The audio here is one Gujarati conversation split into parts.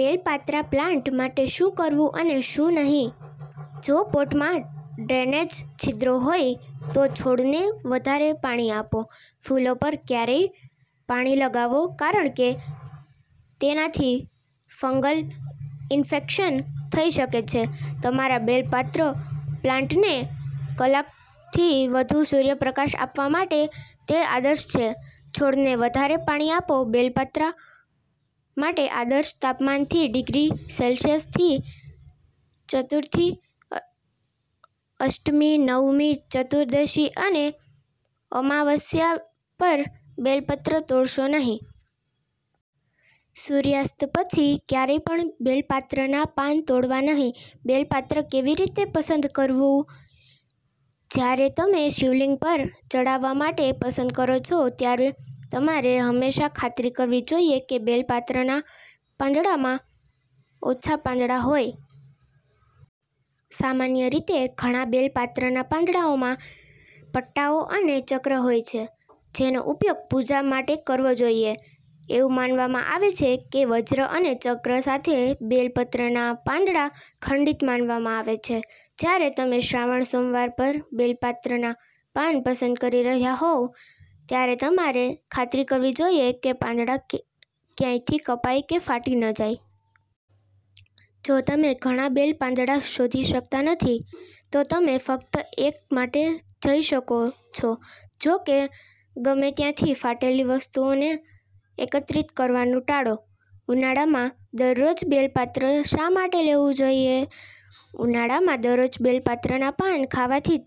બેલ પાત્રા પ્લાન્ટ માટે શું કરવું અને શું નહીં જો પોટમાં ડ્રેનેજ છિદ્રોહોય તો છોડને વધારે પાણીઆપો. ફૂલો પર ક્યારેય પાણીલગાવો કારણ કે તેનાથી ફંગલ ઇન્ફેક્શન થઈ શકે છે તમારા બેલ પાત્ર પ્લાન્ટને કલાકથી વધુ સૂર્યપ્રકાશ આપવા માટે તે આદર્શ છે છોડને વધારે પાણીઆપો બેલ પત્ર માટે આદર્શ તાપમાન થી -ડિગ્રી સેલ્સિયસ થી ચતુર્થી, અષ્ટમી, નવમી, ચતુર્દશી અને અમાવસ્યા પર બેલ પત્ર તોડશો નહીં. સૂર્યાસ્ત પછી ક્યારેય પણ બેલ પાત્રના પાન તોડવા નહીં બેલ પાત્ર કેવી રીતે પસંદ કરવું? જ્યારે તમે શિવલિંગ પર ચઢાવવા માટે પસંદ કરો છો ત્યારે તમારે હંમેશા ખાતરી કરવી જોઈએ કે બેલ પાત્ર નાં પાંદડામાં ઓછા પાંદડા હોય. સામાન્ય રીતે, ઘણા બેલ પાત્રના પાંદડાઓમાં પટ્ટાઓ અને ચક્ર હોય છે જેનો ઉપયોગ પૂજા માટેકરવો જોઈએ. એવું માનવામાં આવે છે કે વજ્ર અને ચક્ર સાથે બેલપત્રના પાંદડા ખંડિત માનવામાં આવે છે. જ્યારે તમે શ્રાવણ સોમવાર પર બેલ પાત્રના પાન પસંદ કરી રહ્યા હોવ, ત્યારે તમારે ખાતરી કરવી જોઈએ કે પાંદડા ક્યાંયથી કપાઈ કે ફાટીન જાય. જો તમે ઘણા બેલ પાંદડા શોધી શકતા નથી, તો તમે ફક્ત એક માટે જઈ શકો છોજો કે, ગમે ત્યાંથી ફાટેલી વસ્તુઓને એકત્રિત કરવાનું ટાળો. ઉનાળામાં દરરોજ બેલ પાત્ર શા માટે લેવું જોઈએ? ઉનાળામાં દરરોજ બેલ પત્રાના પાન ખાવાથી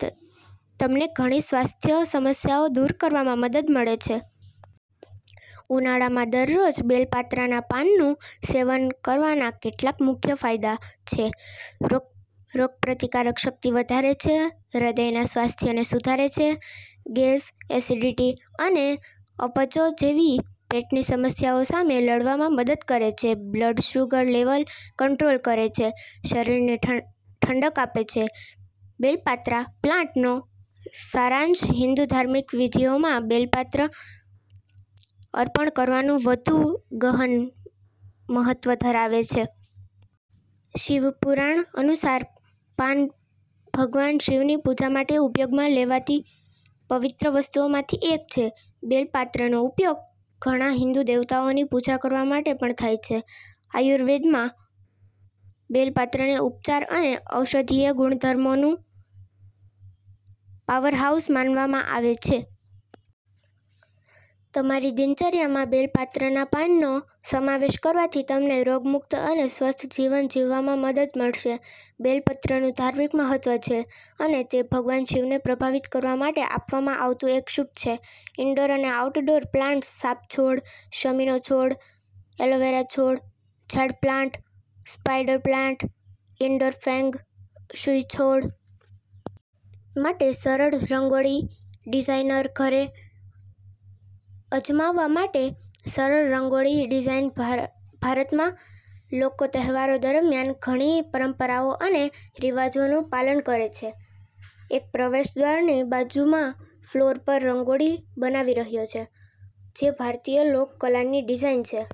તમને ઘણી સ્વાસ્થ્ય સમસ્યાઓ દૂર કરવામાં મદદ મળે છે. ઉનાળામાં દરરોજ બેલ પાત્રાના પાનનું સેવન કરવાનાકેટલાક મુખ્ય ફાયદા છેરોગપ્રતિકારક શક્તિ વધારે છે હૃદયના સ્વાસ્થ્યને સુધારે છે ગેસ, એસિડિટી અને અપચો જેવી પેટની સમસ્યાઓ સામે લડવામાં મદદ કરે છે બ્લડ શુગર લેવલ કંટ્રોલ કરે છે શરીરને ઠંડક આપે છે બેલ પાત્રા પ્લાન્ટનો સારાંશ હિંદુ ધાર્મિક વિધિઓમાં બેલ પત્ર અર્પણ કરવાનું વધુ ગહન મહત્વ ધરાવે છે. શિવપુરાણ અનુસાર, પાન ભગવાન શિવની પૂજા માટે ઉપયોગમાં લેવાતીપવિત્ર વસ્તુઓમાંથી એક છે. બેલ પાત્રનો ઉપયોગ ઘણા હિંદુ દેવતાઓની પૂજા કરવા માટે પણ થાય છે. આયુર્વેદમાં, બેલ પાત્રને ઉપચાર અને ઔષધીય ગુણધર્મોનું પાવરહાઉસ માનવામાં આવે છે. તમારી દિનચર્યામાં બેલ પાત્રના પાનનો સમાવેશ કરવાથી તમને રોગમુક્ત અને સ્વસ્થ જીવન જીવવામાં મદદ મળશે. બેલ પત્રનું ધાર્મિક મહત્વ છે અને તે ભગવાન શિવને પ્રભાવિત કરવા માટે આપવામાં આવતું એક શુભ છે. ઇન્ડોર અને આઉટડોર પ્લાન્ટ્સ સાપ છોડ શમીનો છોડ એલોવેરા છોડ jade plant spider plant indoor feng shui છોડ+.. માટે સરળ રંગોળી ડિઝાઇનર ઘરે અજમાવવા માટે સરળ રંગોળી ડિઝાઇન ભારતમાં, લોકો તહેવારો દરમિયાન ઘણી પરંપરાઓ અને રિવાજોનું પાલન કરે છે. એક પ્રવેશદ્વારની બાજુમાં ફ્લોર પર રંગોળી બનાવી રહ્યો છે, જે ભારતીય લોક કલાની ડિઝાઇન છે.